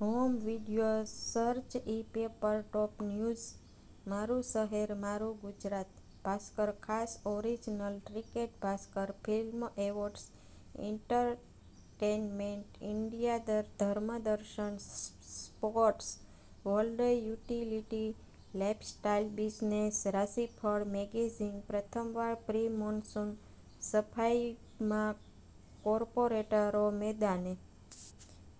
Home video search e-paper top news મારું શહેર મારું ગુજરાત ભાસ્કર ખાસ original cricket Bhaskar film awards entertainment India ધર્મ દર્શન sports world utility lifestyle business રાશિફળ મેગેઝિન પ્રથમવાર પ્રિ-મોન્સુન સફાઈમાં કોર્પોરેટરો મેદાને: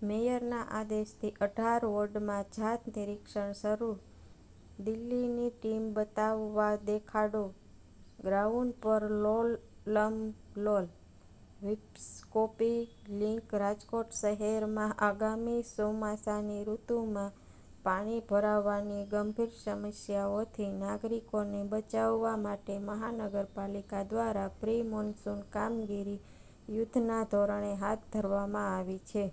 મેયરના આદેશથી અઢાર વોર્ડમાં જાત-નિરીક્ષણ શરૂ, દિલ્હીની ટીમને બતાવવા દેખાડો, ગ્રાઉન્ડ પર 'લોલમ લોલ': વિપક્ષ કૉપી લિંક રાજકોટ શહેરમાં આગામી ચોમાસાની ઋતુમાં પાણી ભરાવાની ગંભીર સમસ્યાઓથી નાગરિકોને બચાવવા માટે મહાનગરપાલિકા દ્વારા પ્રિ-મોન્સુન કામગીરી યુદ્ધના ધોરણે હાથ ધરવામાં આવી છે.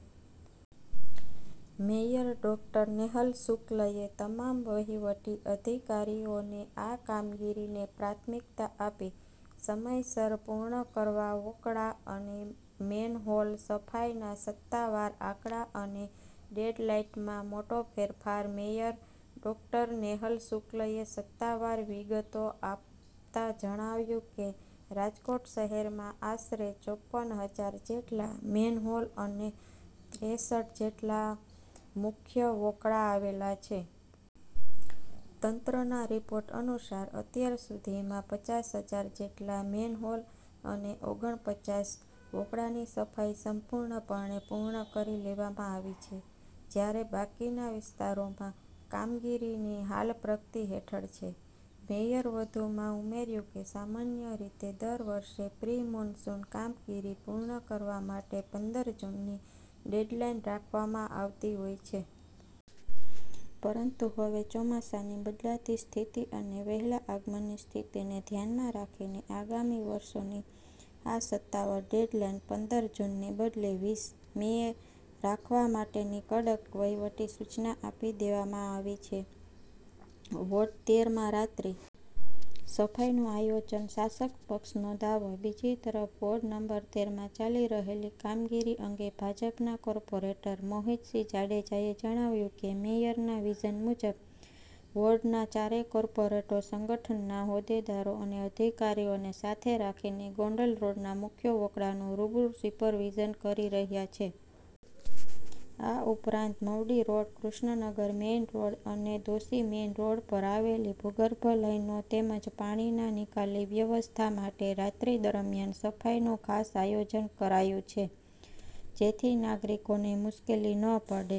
મેયર ડો. નેહલ શુક્લએ તમામ વહીવટી અધિકારીઓને આ કામગીરીને પ્રાથમિકતા આપી સમયસર પૂર્ણ કરવા વોંકળા અને મેનહોલ સફાઈના સત્તાવાર આંકડા અને ડેડલાઇનમાં મોટો ફેરફાર મેયર ડો. નેહલ શુક્લએ સત્તાવાર વિગતો આપતા જણાવ્યું કે, રાજકોટ શહેરમાં આશરે ચોપન હજાર જેટલા મેનહોલ અને ત્રેચઠ જેટલા મુખ્ય વોંકળા આવેલા છે. તંત્રના રિપોર્ટ અનુસાર, અત્યાર સુધીમાં પચાસ હજાર જેટલા મેનહોલ અને ઓગન પચાસ વોંકળાની સફાઈ સંપૂર્ણપણે પૂર્ણ કરી લેવામાં આવી છે, જ્યારે બાકીના વિસ્તારોમાં કામગીરી હાલ પ્રગતિ હેઠળ છે. મેયરે વધુમાં ઉમેર્યું કે, સામાન્ય રીતે દર વર્ષે પ્રિ-મોન્સુન કામગીરી પૂર્ણ કરવા માટે પંદર જૂનની ડેડલાઇન રાખવામાં આવતી હોય છે. પરંતુ હવે ચોમાસાની બદલાતી સ્થિતિ અને વહેલા આગમનની સ્થિતિને ધ્યાનમાં રાખીને, આગામી વર્ષોથી આ સત્તાવાર ડેડલાઇન પંદર જૂનને બદલે વીસ મે રાખવા માટેની કડક વહીવટી સૂચના આપી દેવામાં આવી છે. વોર્ડ-તેર માં રાત્રિ સફાઈનું આયોજન, શાસક પક્ષનો દાવો બીજી તરફ, વોર્ડ નંબર તેર માં ચાલી રહેલી કામગીરી અંગે ભાજપના કોર્પોરેટર મોહિતસિંહ જાડેજાએ જણાવ્યું કે, મેયરના વિઝન મુજબ વોર્ડના ચારેય કોર્પોરેટરો સંગઠનના હોદ્દેદારો અને અધિકારીઓને સાથે રાખીને ગોંડલ રોડના મુખ્ય વોંકળાનું રૂબરૂ સુપરવિઝન કરી રહ્યા છે. આ ઉપરાંત, Mavdi road, Krishnanagar main road અને દોશી મેઈન રોડ પર આવેલી ભૂગર્ભ લાઈનો તેમજ પાણીના નિકાલની વ્યવસ્થા માટે રાત્રિ દરમિયાન સફાઈનું ખાસ આયોજન કરાયું છે, જેથી નાગરિકોને મુશ્કેલી ન પડે.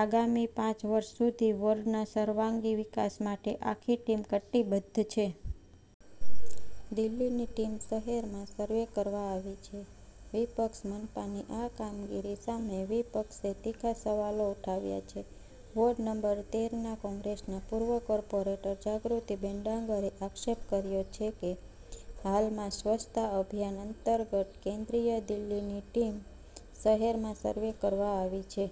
આગામી પાચ વર્ષ સુધી વોર્ડના સર્વાંગી વિકાસ માટે આખી ટીમ કટિબદ્ધ છે. દિલ્હીની ટીમ શહેરમાં સર્વે કરવા આવી છેઃ વિપક્ષ મનપાની આ કામગીરી સામે વિપક્ષે તીખા સવાલો ઉઠાવ્યા છે. વોર્ડ નંબર તેર ના કોંગ્રેસના પૂર્વ કોર્પોરેટર જાગૃતિબેન ડાંગરે આક્ષેપ કર્યો છે કે, હાલમાં સ્વચ્છતા અભિયાન અંતર્ગત કેન્દ્રીય દિલ્હીની ટીમ શહેરમાં સર્વે કરવા આવી છે.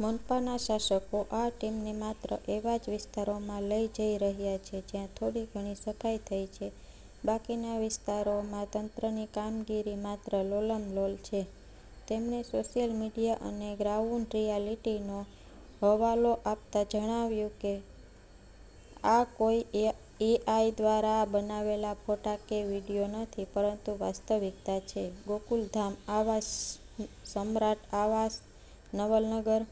મનપાના શાસકો આ ટીમને માત્ર એવા જ વિસ્તારોમાં લઈ જઈ રહ્યા છે, જ્યાં થોડી ઘણી સફાઈ થઈ છે, બાકીના વિસ્તારોમાં તંત્રની કામગીરી માત્ર 'લોલમ લોલ' છે. તેમણે સોશિયલ મીડિયા અને ગ્રાઉન્ડ રિયાલિટીનો હવાલો આપતા જણાવ્યું કે, આ કોઈ એઆઈ દ્વારા બનાવેલા ફોટા કે વીડિયો નથી, પરંતુ વાસ્તવિકતા છે. ગોકુલધામ આવાસ, સમ્રાટ આવાસ, નવલનગર.